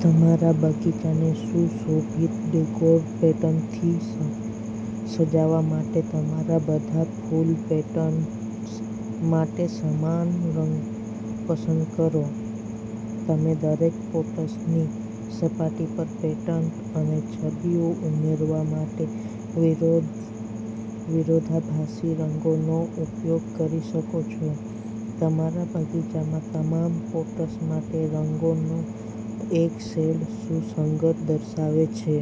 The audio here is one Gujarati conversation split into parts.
તમારા બગીચાને સુશોભિત ડેકોર પેટર્નથી સજાવવા માટે તમારા બધા ફૂલ પેટનસ માટે સમાન રંગ પસંદ કરો. તમે દરેક પોટસની સપાટી પર પેટર્ન અને છબીઓ ઉમેરવા માટે વિરોધ વિરોધાભાસી રંગોનો ઉપયોગ કરી શકો છો. તમારા બગીચામાંના તમામ પોટ્સ માટે રંગોનો એક શેડ સુસંગત દર્શાવે છે.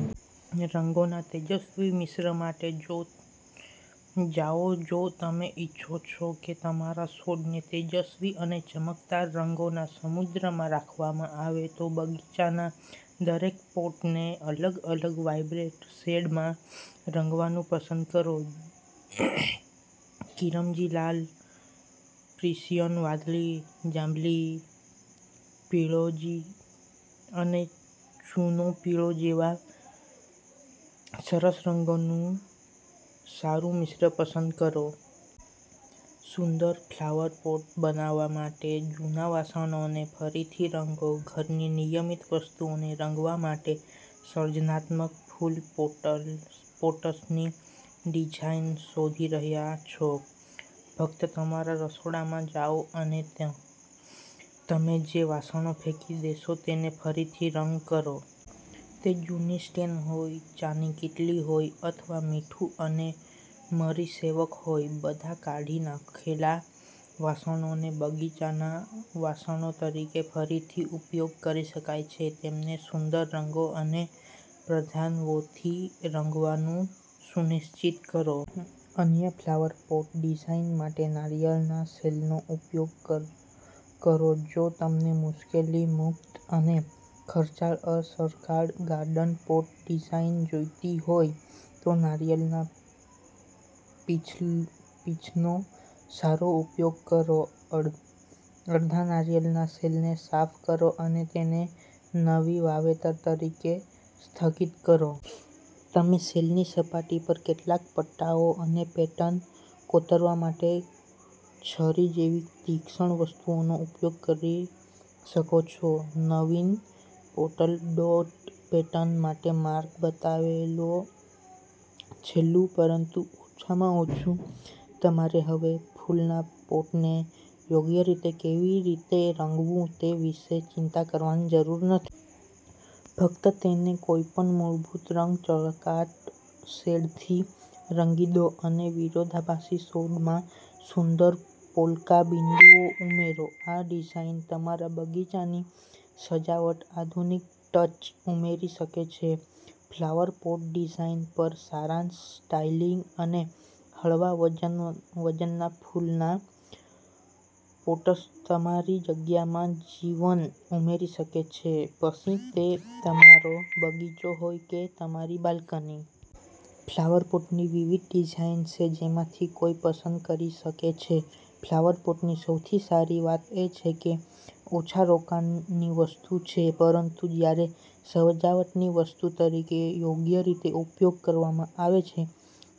અને રંગોના તેજસ્વી મિશ્ર માટે જો જાઓ જો તમે ઇચ્છો છો કે તમારા શોધ ને તેજસ્વી અને ચમકદાર રંગોના સમુદ્રમાં રાખવામાં આવે, તો બગીચાના દરેક પોટને અલગ-અલગ વાઇબ્રેટ શેડમાં રંગવાનું પસંદ કરો. તિરંગી લાલ, પ્રુશિયન વાદળી, જાંબલી, પીરોજી અને ચૂનો પીળો જેવા સરસ રંગોનું સારું મિશ્રણ પસંદ કરો. સુંદર ફ્લાવર પોટ બનાવવા માટે જૂના વાસણોને ફરીથી રંગો ઘરની નિયમિત વસ્તુઓને રંગવા માટે સર્જનાત્મક ફૂલ પોટ્સ પોટ્સની ડિઝાઇન શોધી રહ્યાં છો, ફક્ત તમારા રસોડામાં જાઓ અને તે તમે જે વાસણો ફેંકી દેશો તેને ફરીથી રંગ કરો. તે જૂની સ્ટ્રેનર હોય, ચાની કીટલી હોય, અથવા મીઠું અને મરી શેવક હોય, બધા કાઢી નાખેલા વાસણોનો બગીચાના વાસણો તરીકે ફરીથી ઉપયોગ કરી શકાય છે. તેમને સુંદર રંગો અને પ્રધાનતત્ત્વોથી રંગવાનું સુનિશ્ચિત કરો. અનન્ય ફ્લાવર પોટ ડિઝાઇન માટે નારિયેળના શેલનો ઉપયોગ કર કરો જો તમને મુશ્કેલી-મુક્ત અને ખર્ચ-અસરકારક ગાર્ડન પોટ ડિઝાઇન જોઈતી હોય, તો નારિયેળના પીછી પીચ નો સારો ઉપયોગ કરો. અડધા નાળિયેરના શેલને સાફ કરો અને તેને નવીન વાવેતર તરીકે સ્થગિત કરો. તમે શેલની સપાટી પર કેટલાક પટ્ટાઓ અને પેટર્ન કોતરવા માટે છરી જેવી તીક્ષ્ણ વસ્તુનો ઉપયોગ કરી શકો છો. નવીન પોટલ ડોટ પેટર્ન માટે માર્ગ બનાવો છેલ્લું પરંતુ ઓછામાં ઓછું, તમારે હવે ફૂલના પોટને યોગ્ય રીતે કેવી રીતે રંગવું તે વિશે ચિંતા કરવાની જરૂર નથી. ફક્ત તેને કોઈપણ મૂળભૂત રંગ ચળકાટ શેડથી રંગી દો અને વિરોધાભાસી શેડમાં સુંદર પોલ્કા બિંદુઓ ઉમેરો. આ ડિઝાઇન તમારા બગીચાની સજાવટ આધુનિક ટચ ઉમેરી શકે છે. ફ્લાવર પોટ ડિઝાઇન પર સારાંશ સ્ટાઇલિશ અને હળવા વજન વજનના ફૂલના પોટ્સ તમારી જગ્યામાં જીવન ઉમેરી શકે છે, પછી તે તમારો બગીચો હોય કે તમારી બાલ્કની. ફ્લાવર પોટની વિવિધ ડિઝાઈન છે જેમાંથી કોઈ પસંદ કરી શકે છે. ફ્લાવર પોટની સૌથી સારી વાત એ છે કે ઓછા રોકાણની વસ્તુ છે, પરંતુ જ્યારે સજાવટની વસ્તુ તરીકે યોગ્ય રીતે ઉપયોગ કરવામાં આવે છે,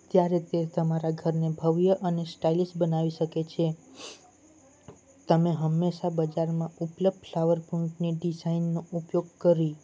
ત્યારે તે તમારા ઘરને ભવ્ય અને સ્ટાઇલિશ બનાવી શકે છે. તમે હંમેશા બજારમાં ઉપલબ્ધ ફ્લાવર પોટની ડિઝાઇનનો ઉપયોગ કરી